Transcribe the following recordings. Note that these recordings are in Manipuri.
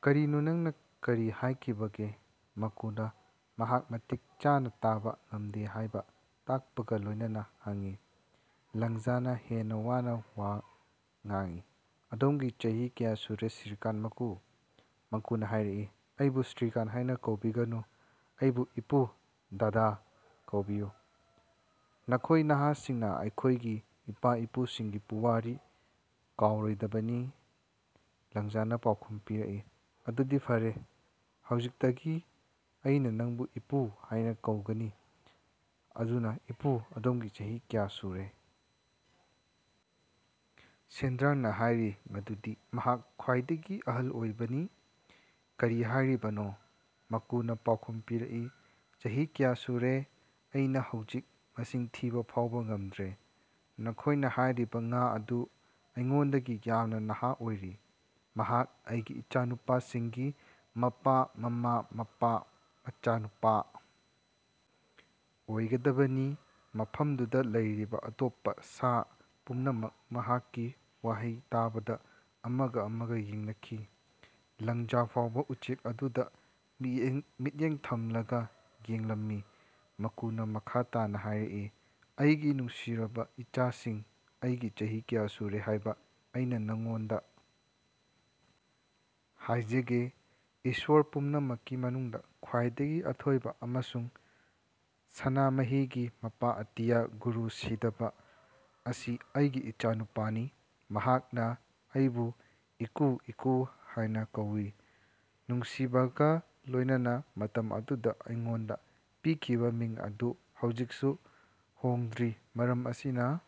ꯀꯔꯤꯅꯣ ꯅꯪꯅ ꯀꯔꯤ ꯍꯥꯏꯈꯤꯕꯒꯦ? ꯃꯀꯨꯅ ꯃꯍꯥꯛ ꯃꯇꯤꯛ ꯆꯥꯅ ꯇꯥꯕ ꯉꯝꯗꯦ ꯍꯥꯏꯕ ꯇꯥꯛꯄꯒ ꯂꯣꯏꯅꯅ ꯍꯪꯏ꯫ ꯂꯪꯖꯥꯅ ꯍꯦꯟꯅ ꯋꯥꯅ ꯋꯥ ꯉꯥꯡꯏ, "ꯑꯗꯣꯝꯒꯤ ꯆꯍꯤ ꯀꯌꯥ ꯁꯨꯔꯦ, ꯁ꯭ꯔꯤꯃꯥꯟ ꯃꯀꯨ? ꯃꯀꯨꯅ ꯍꯥꯏꯔꯛꯏ, "ꯑꯩꯕꯨ ꯁ꯭ꯔꯤꯃꯥꯟ ꯍꯥꯏꯅ ꯀꯧꯕꯤꯒꯅꯨ, ꯑꯩꯕꯨ ꯏꯄꯨ(ꯗꯥꯗꯥ) ꯀꯧꯕꯤꯌꯨ꯫ ꯅꯈꯣꯏ ꯅꯍꯥꯁꯤꯡꯅ ꯅꯈꯣꯏꯒꯤ ꯏꯄꯥ-ꯏꯄꯨꯁꯤꯡꯒꯤ ꯄꯨꯋꯥꯔꯤ ꯀꯥꯎꯔꯣꯏꯗꯕꯅꯤ"꯫ ꯂꯪꯖꯥꯅ ꯄꯥꯎꯈꯨꯝ ꯄꯤꯔꯛꯏ, "ꯑꯗꯨꯗꯤ ꯐꯔꯦ, ꯍꯧꯖꯤꯛꯇꯒꯤ ꯑꯩꯅ ꯅꯪꯕꯨ 'ꯏꯄꯨ' ꯍꯥꯏꯅ ꯀꯧꯒꯅꯤ꯫" ꯑꯗꯨꯅ, ꯏꯄꯨ ꯑꯗꯣꯝꯒꯤ ꯆꯍꯤ ꯀꯌꯥ ꯁꯨꯔꯦ? ꯁꯦꯟꯗ꯭ꯔꯥꯡꯅ ꯍꯥꯏꯔꯤ ꯃꯗꯨꯗꯤ ꯃꯍꯥꯛ ꯈ꯭ꯋꯥꯏꯗꯒꯤ ꯑꯍꯜ ꯑꯣꯏꯕꯅꯤ꯫ "ꯀꯔꯤ ꯍꯥꯏꯔꯤꯕꯅꯣ"? ꯃꯀꯨꯅ ꯄꯥꯎꯈꯨꯝ ꯄꯤꯔꯛꯏ, "ꯆꯍꯤ ꯀꯌꯥ ꯁꯨꯔꯦ, ꯑꯩꯅꯥ ꯍꯧꯖꯤꯛ ꯃꯁꯤꯡ ꯊꯤꯕ ꯐꯥꯎꯕ ꯉꯝꯗ꯭ꯔꯦ꯫" ꯅꯈꯣꯏꯅ ꯍꯥꯏꯔꯤꯕ ꯉꯥ ꯑꯗꯨ ꯑꯩꯉꯣꯟꯗꯒꯤ ꯌꯥꯝꯅ ꯅꯍꯥ ꯑꯣꯏꯔꯤ꯫ ꯃꯍꯥꯛ ꯑꯩꯒꯤ ꯏꯆꯥꯅꯨꯄꯥꯁꯤꯡꯒꯤ ꯃꯄꯥ-ꯃꯃꯥ-ꯃꯄꯥ-ꯃꯆꯥꯅꯨꯄꯥ ꯑꯣꯏꯒꯗꯕꯅꯤ꯫" ꯃꯐꯝꯗꯨꯗ ꯂꯩꯔꯤꯕ ꯑꯇꯣꯞꯄ ꯁꯥ ꯄꯨꯝꯅꯃꯛ ꯃꯍꯥꯛꯀꯤ ꯋꯥꯍꯩ ꯇꯥꯕꯗ ꯑꯃꯒ ꯑꯃꯒ ꯌꯦꯡꯅꯈꯤ꯫ ꯂꯪꯖꯥ ꯐꯥꯎꯕ ꯎꯆꯦꯛ ꯑꯗꯨꯗ ꯃꯤꯠꯌꯦꯡ ꯊꯝꯂꯒ ꯌꯦꯡꯂꯝꯃꯤ꯫ ꯃꯀꯨꯅ ꯃꯈꯥ ꯇꯥꯅ ꯍꯥꯏꯔꯛꯏ, "ꯑꯩꯒꯤ ꯅꯨꯡꯁꯤꯔꯕ ꯏꯆꯥꯁꯤꯡ, ꯑꯩꯒꯤ ꯆꯍꯤ ꯀꯌꯥ ꯁꯨꯔꯦ ꯍꯥꯏꯕ ꯑꯩꯅꯥ ꯅꯉꯣꯟꯗ ꯍꯥꯏꯖꯒꯦ꯫ ꯏꯁꯣꯔ ꯄꯨꯝꯅꯃꯛꯀꯤ ꯃꯅꯨꯡꯗ ꯈ꯭ꯋꯥꯏꯗꯒꯤ ꯑꯊꯣꯏꯕ ꯑꯃꯁꯨꯡ ꯁꯅꯥꯃꯍꯤꯒꯤ ꯃꯄꯥ ꯑꯇꯤꯌꯥ ꯒꯨꯔꯨ ꯁꯤꯗꯕ ꯑꯁꯤ ꯑꯩꯒꯤ ꯏꯆꯥꯅꯨꯄꯥꯅꯤ꯫ ꯃꯍꯥꯛꯅ ꯑꯩꯕꯨ 'ꯏꯀꯨ ꯏꯀꯨ' ꯍꯥꯏꯅꯥ ꯀꯧꯏ, ꯅꯨꯡꯁꯤꯕꯒꯥ ꯂꯣꯏꯅꯅꯥ꯫ ꯃꯇꯝ ꯑꯗꯨꯗ ꯑꯩꯉꯣꯟꯗ ꯄꯤꯈꯤꯕ ꯃꯤꯡ ꯑꯗꯨ ꯍꯧꯖꯤꯛꯁꯨ ꯍꯣꯡꯗ꯭ꯔꯤ꯫ ꯃꯔꯝ ꯑꯁꯤꯅ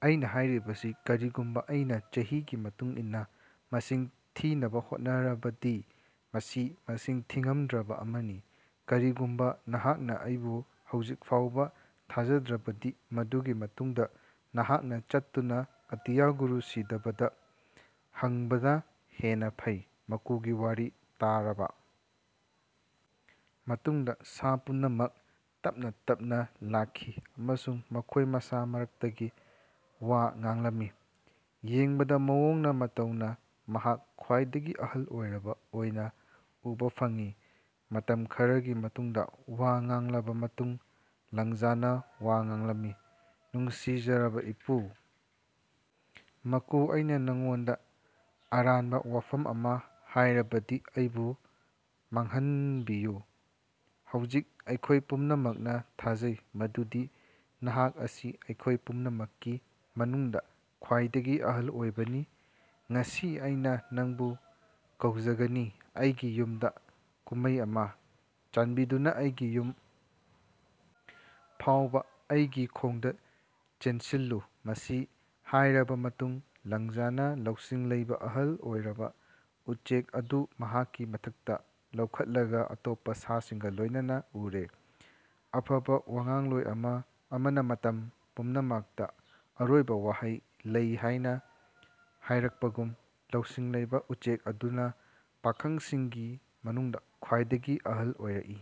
ꯑꯩꯅ ꯍꯥꯏꯔꯤꯕꯁꯤ ꯀꯔꯤꯒꯨꯝꯕ ꯑꯩꯅ ꯆꯍꯤꯒꯤ ꯃꯇꯨꯡ ꯏꯟꯅ ꯃꯁꯤꯡ ꯊꯤꯅꯕ ꯍꯣꯠꯅꯔꯕꯗꯤ ꯃꯁꯤ ꯃꯁꯤꯡ ꯊꯤꯉꯝꯗ꯭ꯔꯕ ꯑꯃꯅꯤ꯫ ꯀꯔꯤꯒꯨꯝꯕ ꯅꯍꯥꯛꯅ ꯑꯩꯕꯨ ꯍꯧꯖꯤꯛ ꯐꯥꯎꯕ ꯊꯥꯖꯗ꯭ꯔꯕꯗꯤ ꯃꯗꯨꯒꯤ ꯃꯇꯨꯡꯗ ꯅꯍꯥꯛꯅ ꯆꯠꯇꯨꯅ ꯑꯇꯤꯌꯥ ꯒꯨꯔꯨ ꯁꯤꯗꯕꯗ ꯍꯪꯕꯅ ꯍꯦꯟꯅꯥ ꯐꯩ꯫ ꯃꯀꯨꯒꯤ ꯋꯥꯔꯤ ꯇꯥꯔꯕ ꯃꯇꯨꯡꯗ ꯁꯥ ꯄꯨꯝꯅꯃꯛ ꯇꯞꯅ ꯇꯞꯅ ꯂꯥꯛꯈꯤ ꯑꯃꯁꯨꯡ ꯃꯈꯣꯏ ꯃꯁꯥꯒꯤ ꯃꯔꯛꯇ ꯋꯥ ꯉꯥꯡꯂꯝꯃꯤ, "ꯌꯦꯡꯕꯗ ꯃꯑꯣꯡꯅ ꯃꯇꯧꯅ ꯃꯍꯥꯛ ꯈ꯭ꯋꯥꯏꯗꯒꯤ ꯑꯍꯜ ꯑꯣꯏꯔꯕ ꯑꯣꯏꯅ ꯎꯕ ꯐꯪꯏ꯫ ꯃꯇꯝ ꯈꯔꯒꯤ ꯃꯇꯨꯡꯗ ꯋꯥ ꯉꯥꯡꯂꯕ ꯃꯇꯨꯡꯗ ꯂꯪꯖꯥꯅ ꯋꯥ ꯉꯥꯡꯂꯝꯃꯤ, "ꯅꯨꯡꯁꯤꯖꯔꯕꯥ ꯏꯄꯨ ꯃꯀꯨ, ꯑꯩꯅ ꯅꯉꯣꯟꯗ ꯑꯔꯥꯟꯕ ꯋꯥꯐꯝ ꯑꯃ ꯍꯥꯏꯔꯕꯗꯤ ꯑꯩꯕꯨ ꯃꯥꯉꯍꯟꯕꯤꯌꯨ꯫ ꯍꯧꯖꯤꯛ ꯑꯩꯈꯣꯏ ꯄꯨꯝꯅꯃꯛꯅ ꯊꯥꯖꯩ ꯃꯗꯨꯗꯤ ꯅꯍꯥꯛ ꯑꯁꯤ ꯑꯩꯈꯣꯏ ꯄꯨꯝꯅꯃꯛꯀꯤ ꯃꯅꯨꯡꯗ ꯈ꯭ꯋꯥꯏꯗꯒꯤ ꯑꯍꯜ ꯑꯣꯏꯕꯅꯤ꯫ ꯉꯁꯤ ꯑꯩꯅꯥ ꯅꯪꯕꯨ ꯀꯧꯖꯒꯅꯤ ꯑꯩꯒꯤ ꯌꯨꯝꯗ ꯀꯨꯝꯃꯩ ꯑꯃꯥ꯫ ꯆꯥꯟꯕꯤꯗꯨꯅ ꯑꯩꯒꯤ ꯌꯨꯝ ꯐꯥꯎꯕ ꯑꯩꯒꯤ ꯈꯣꯡꯗ ꯆꯦꯟꯁꯤꯜꯂꯨ꯫ ꯃꯁꯤ ꯍꯥꯏꯔꯕ ꯃꯇꯨꯡꯗ ꯂꯪꯖꯥꯅ ꯂꯧꯁꯤꯡ ꯂꯩꯕ ꯑꯍꯜ ꯑꯣꯏꯔꯕ ꯎꯆꯦꯛ ꯑꯗꯨ ꯃꯍꯥꯛꯀꯤ ꯃꯊꯛꯇ ꯂꯧꯈꯠꯂꯒꯥ ꯑꯇꯣꯞꯄ ꯁꯥꯁꯤꯡꯒ ꯂꯣꯏꯅꯅ ꯎꯔꯦ꯫ ꯑꯐꯕ ꯋꯉꯥꯡꯂꯣꯏ ꯑꯃꯅ ꯃꯇꯝ ꯄꯨꯝꯅꯃꯛꯇꯥ ꯑꯔꯣꯏꯕ ꯋꯥꯍꯩ ꯂꯩ ꯍꯥꯏꯅ ꯍꯥꯏꯔꯛꯄꯒꯨꯝ, ꯂꯧꯁꯤꯡ ꯂꯩꯕꯥ ꯎꯆꯦꯛ ꯑꯗꯨꯅ ꯄꯥꯈꯪꯁꯤꯡꯒꯤ ꯃꯅꯨꯡꯗ ꯈ꯭ꯋꯥꯏꯗꯒꯤ ꯑꯍꯜ ꯑꯣꯏꯔꯛꯏ꯫